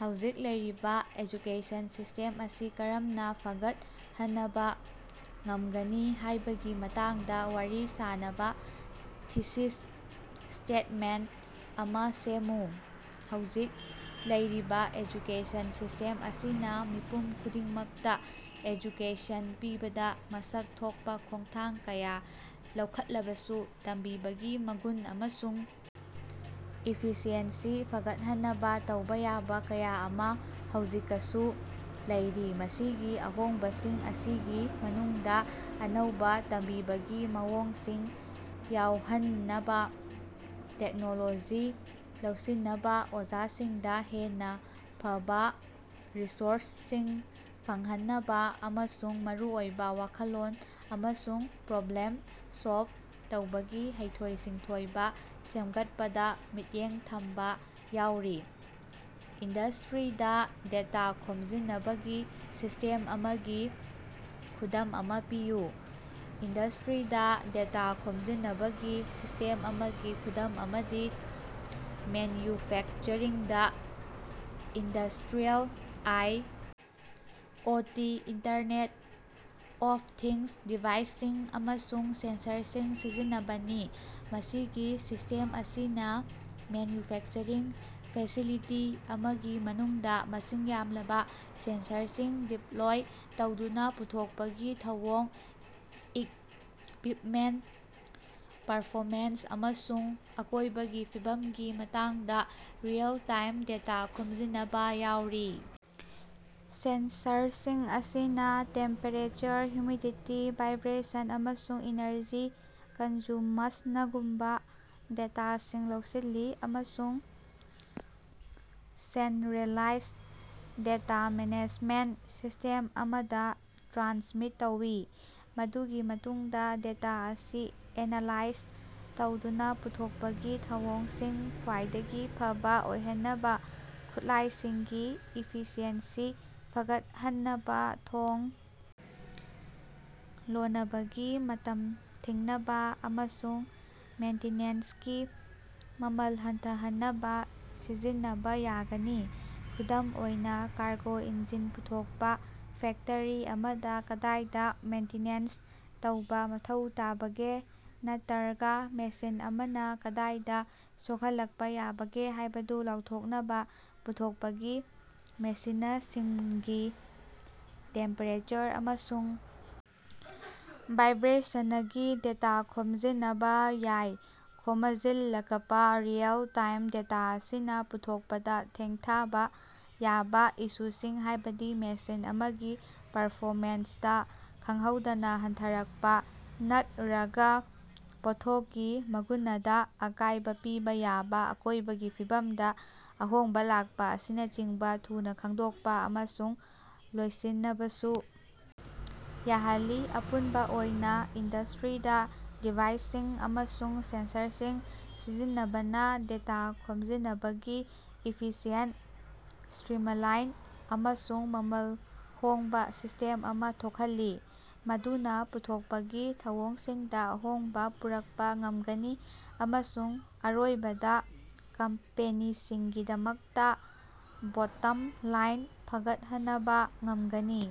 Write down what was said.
ꯍꯧꯖꯤꯛ ꯂꯩꯔꯤꯕ education system ꯑꯁꯤ ꯀꯔꯝꯅ ꯐꯒꯠꯍꯅꯕ ꯉꯝꯒꯅꯤ ꯍꯥꯏꯕꯒꯤ ꯃꯇꯥꯡꯗ ꯋꯥꯔꯤ ꯁꯥꯅꯕ ꯊꯤꯁꯤꯁ ꯁ꯭ꯇꯦꯇꯃꯦꯟꯇ ꯑꯃꯥ ꯁꯦꯝꯃꯨ꯫ ꯍꯧꯖꯤꯛ ꯂꯩꯔꯤꯕ ꯑꯦꯖꯨꯀꯦꯁꯟ ꯁꯤꯁꯇꯦꯝ ꯑꯁꯤꯅ ꯃꯤꯄꯨꯝ ꯈꯨꯗꯤꯡꯃꯛꯇ ꯑꯦꯖꯨꯀꯦꯁꯟ ꯄꯤꯕꯗ ꯃꯁꯛ ꯊꯣꯛꯄ ꯈꯣꯡꯊꯥꯡ ꯀꯌꯥ ꯂꯧꯈꯠꯂꯕꯁꯨ, ꯇꯝꯕꯤꯕꯒꯤ ꯃꯒꯨꯟ ꯑꯃꯁꯨꯡ ꯏꯐꯤꯁꯤꯑꯦꯟꯁꯤ ꯐꯒꯠꯍꯟꯅꯕ ꯇꯧꯕ ꯌꯥꯕ ꯀꯌꯥ ꯑꯃꯥ ꯍꯧꯖꯤꯀꯁꯨ ꯂꯩꯔꯤ ꯃꯁꯤꯒꯤ ꯑꯍꯣꯡꯕꯁꯤꯡ ꯑꯁꯤꯒꯤ ꯃꯅꯨꯡꯗꯥ ꯑꯅꯧꯕ ꯇꯝꯕꯤꯕꯒꯤ ꯃꯑꯣꯡꯁꯤꯡ ꯌꯥꯑꯣꯍꯟꯅꯕ, ꯇꯦꯛꯅꯣꯂꯣꯖꯤ ꯂꯧꯁꯤꯅꯕ, ꯑꯣꯖꯥꯁꯤꯡꯗ ꯍꯦꯟꯅ ꯐꯕꯥ ꯔꯤꯁꯣꯔꯁꯁꯤꯡ ꯐꯪꯍꯟꯅꯕꯥ, ꯑꯃꯁꯨꯡ ꯃꯔꯨꯑꯣꯏꯕ ꯋꯥꯈꯜꯂꯣꯟ ꯑꯃꯁꯨꯡ ꯄ꯭ꯔꯣꯕ꯭ꯂꯦꯝ ꯁꯣꯜꯕ ꯇꯧꯕꯒꯤ ꯍꯩꯊꯣꯏ-ꯁꯤꯡꯊꯣꯏꯕ ꯁꯦꯝꯒꯠꯄꯗ ꯃꯤꯠꯌꯦꯡ ꯊꯝꯕ ꯌꯥꯑꯣꯔꯤ꯫ ꯏꯟꯗꯁ꯭ꯠꯔꯤꯗ ꯗꯦꯇꯥ ꯈꯣꯝꯖꯤꯅꯕꯒꯤ ꯁꯤꯁ꯭ꯇꯦꯝ ꯑꯃꯒꯤ ꯈꯨꯗꯝ ꯑꯃꯥ ꯄꯤꯌꯨ꯫ ꯏꯟꯗꯁ꯭ꯠꯔꯤꯗ ꯗꯦꯇꯥ ꯈꯣꯝꯖꯤꯅꯕꯒꯤ ꯁꯤꯁ꯭ꯇꯦꯝ ꯑꯃꯒꯤ ꯈꯨꯗꯝ ꯑꯃꯗꯤ ꯃꯦꯟꯌꯨꯐꯦꯛꯆꯔꯤꯡꯗꯥ industrial I. O. T. (Internet of things) ꯗꯤꯚꯥꯏꯁꯁꯤꯡ ꯑꯃꯁꯨꯡ ꯁꯦꯟꯁꯔꯁꯤꯡ ꯁꯤꯖꯤꯟꯅꯕꯅꯤ꯫ ꯃꯁꯤꯒꯤ ꯁꯤꯁ꯭ꯇꯦꯝ ꯑꯁꯤꯅꯥ ꯃꯦꯟꯌꯨꯐꯦꯛꯆꯔꯤꯡ ꯐꯦꯁꯤꯂꯤꯇꯤ ꯑꯃꯒꯤ ꯃꯅꯨꯡꯗ ꯃꯁꯤꯡ ꯌꯥꯝꯂꯕ ꯁꯦꯟꯁꯔꯁꯤꯡ ꯗꯤꯞꯂꯣꯏ ꯇꯧꯗꯨꯅ ꯄꯨꯊꯣꯛꯄꯒꯤ ꯊꯧꯑꯣꯡ, ꯏꯛꯕꯤꯞꯃꯦꯟꯇ ꯄꯔꯐꯣꯃꯦꯟꯁ ꯑꯃꯁꯨꯡ ꯑꯀꯣꯏꯕꯒꯤ ꯐꯤꯕꯝꯒꯤ ꯃꯇꯥꯡꯗ ꯔꯤꯑꯦꯜ-ꯇꯥꯏꯝ ꯗꯦꯇꯥ ꯈꯣꯝꯖꯤꯅꯕ ꯌꯥꯎꯔꯤ꯫ ꯁꯦꯟꯁꯔꯁꯤꯡ ꯑꯁꯤꯅꯥ ꯇꯦꯝꯄꯦꯔꯦꯆꯔ, ꯍꯨꯃꯤꯗꯤꯇꯤ, ꯚꯥꯏꯕ꯭ꯔꯦꯁꯟ, ꯑꯃꯁꯨꯡ ꯏꯅꯔꯖꯤ ꯀꯟꯖꯨꯃꯁꯅꯒꯨꯝꯕ ꯗꯦꯇꯥꯁꯤꯡ ꯂꯧꯁꯤꯜꯂꯤ ꯑꯃꯁꯨꯡ ꯁꯦꯟꯠꯔꯦꯂꯥꯏꯖ ꯗꯦꯇꯥ ꯃꯦꯅꯦꯖꯃꯦꯟꯇ ꯁꯤꯁ꯭ꯇꯦꯝ ꯑꯃꯗꯥ ꯇ꯭ꯔꯥꯟꯁꯃꯤꯠ ꯇꯧꯏ꯫ ꯃꯗꯨꯒꯤ ꯃꯇꯨꯡꯗꯥ ꯗꯦꯇꯥ ꯑꯁꯤ ꯑꯦꯅꯥꯂꯥꯏꯖ ꯇꯧꯗꯨꯅꯥ ꯄꯨꯊꯣꯛꯄꯒꯤ ꯊꯧꯑꯣꯡꯁꯤꯡ ꯈ꯭ꯋꯥꯏꯗꯒꯤ ꯐꯕꯥ ꯑꯣꯏꯍꯟꯅꯕ, ꯈꯨꯠꯂꯥꯏꯁꯤꯡꯒꯤ ꯏꯐꯤꯁꯤꯑꯦꯟꯁꯤ ꯐꯒꯠꯍꯟꯅꯕ, ꯊꯣꯡ ꯂꯣꯅꯕꯒꯤ ꯃꯇꯝ ꯊꯤꯡꯅꯕꯥ ꯑꯃꯁꯨꯡ ꯃꯦꯟꯇꯤꯅꯦꯟꯁꯀꯤ ꯃꯃꯜ ꯍꯟꯊꯍꯟꯅꯕ ꯁꯤꯖꯤꯟꯅꯕ ꯌꯥꯒꯅꯤ꯫ ꯈꯨꯗꯝ ꯑꯣꯏꯅꯥ, ꯀꯥꯔꯒꯣ ꯏꯟꯖꯤꯟ ꯄꯨꯊꯣꯛꯄ ꯐꯦꯛꯇꯔꯤ ꯑꯃꯥꯗ, ꯀꯗꯥꯏꯗ ꯃꯦꯟꯇꯤꯅꯦꯟꯁ ꯇꯧꯕ ꯃꯊꯧ ꯇꯥꯕꯒꯦ, ꯅꯠꯇ꯭ꯔꯒ ꯃꯦꯁꯤꯟ ꯑꯃꯥꯅ ꯀꯗꯥꯏꯗ ꯁꯣꯛꯍꯜꯂꯛꯄ ꯌꯥꯕꯒꯦ ꯍꯥꯏꯕꯗꯨ ꯂꯥꯎꯊꯣꯛꯅꯕ ꯄꯨꯊꯣꯛꯄꯒꯤ ꯃꯦꯁꯤꯅꯁꯤꯡꯒꯤ ꯇꯦꯝꯄꯦꯔꯦꯆꯔ ꯑꯃꯁꯨꯡ ꯚꯥꯏꯕ꯭ꯔꯦꯁꯅꯒꯤ ꯗꯦꯇꯥ ꯈꯣꯝꯖꯤꯅꯕ ꯌꯥꯏ꯫ ꯈꯣꯃꯖꯤꯜꯂꯀꯄꯥ ꯔꯤꯑꯦꯜ-ꯇꯥꯏꯝ ꯗꯦꯇꯥ ꯑꯁꯤꯅꯥ ꯄꯨꯊꯣꯛꯄꯗ ꯊꯦꯡꯊꯥꯕ ꯌꯥꯕ ꯏꯁꯨꯁꯤꯡ, ꯍꯥꯏꯕꯗꯤ ꯃꯦꯁꯤꯟ ꯑꯃꯒꯤ ꯄꯔꯐꯣꯃꯦꯟꯁꯇꯥ ꯈꯪꯍꯧꯗꯅ ꯍꯟꯊꯔꯛꯄ, ꯅꯠꯠꯔꯒ ꯄꯣꯠꯊꯣꯛꯀꯤ ꯃꯒꯨꯅꯗꯥ ꯑꯀꯥꯏꯕ ꯄꯤꯕ ꯌꯥꯕ ꯑꯀꯣꯏꯕꯒꯤ ꯐꯤꯕꯝꯗ ꯑꯍꯣꯡꯕ ꯂꯥꯛꯄ ꯑꯁꯤꯅꯆꯤꯡꯕ ꯊꯨꯅ ꯈꯪꯗꯣꯛꯄ ꯑꯃꯁꯨꯡ ꯂꯣꯏꯁꯤꯅꯕꯁꯨ ꯌꯥꯍꯜꯂꯤ꯫ ꯑꯄꯨꯟꯕ ꯑꯣꯏꯅ, ꯏꯟꯗꯁꯇ꯭ꯔꯤꯗ ꯗꯤꯚꯥꯏꯁꯁꯤꯡ ꯑꯃꯁꯨꯡ ꯁꯦꯟꯁꯔꯁꯤꯡ ꯁꯤꯖꯤꯟꯅꯕꯅ ꯗꯦꯇꯥ ꯈꯣꯝꯖꯤꯅꯕꯒꯤ ꯏꯐꯤꯁꯤꯑꯦꯟꯇ, ꯢꯁꯇ꯭ꯔꯤꯃꯂꯥꯏꯟ ꯑꯃꯁꯨꯡ ꯃꯃꯜ ꯍꯣꯡꯕ ꯁꯤꯁ꯭ꯇꯦꯝ ꯑꯃꯥ ꯊꯣꯛꯍꯜꯂꯤ ꯃꯗꯨꯅ ꯄꯨꯊꯣꯛꯄꯒꯤ ꯊꯧꯑꯣꯡꯁꯤꯡꯗ ꯑꯍꯣꯡꯕ ꯄꯨꯔꯛꯄ ꯉꯝꯒꯅꯤ ꯑꯃꯁꯨꯡ ꯑꯔꯣꯏꯕꯗ ꯀꯝꯄꯦꯅꯤꯁꯤꯡꯒꯤꯗꯃꯛꯇ ꯕꯣꯠꯇꯝ ꯂꯥꯏꯟ ꯐꯒꯠꯍꯅꯕ ꯉꯝꯒꯅꯤ꯫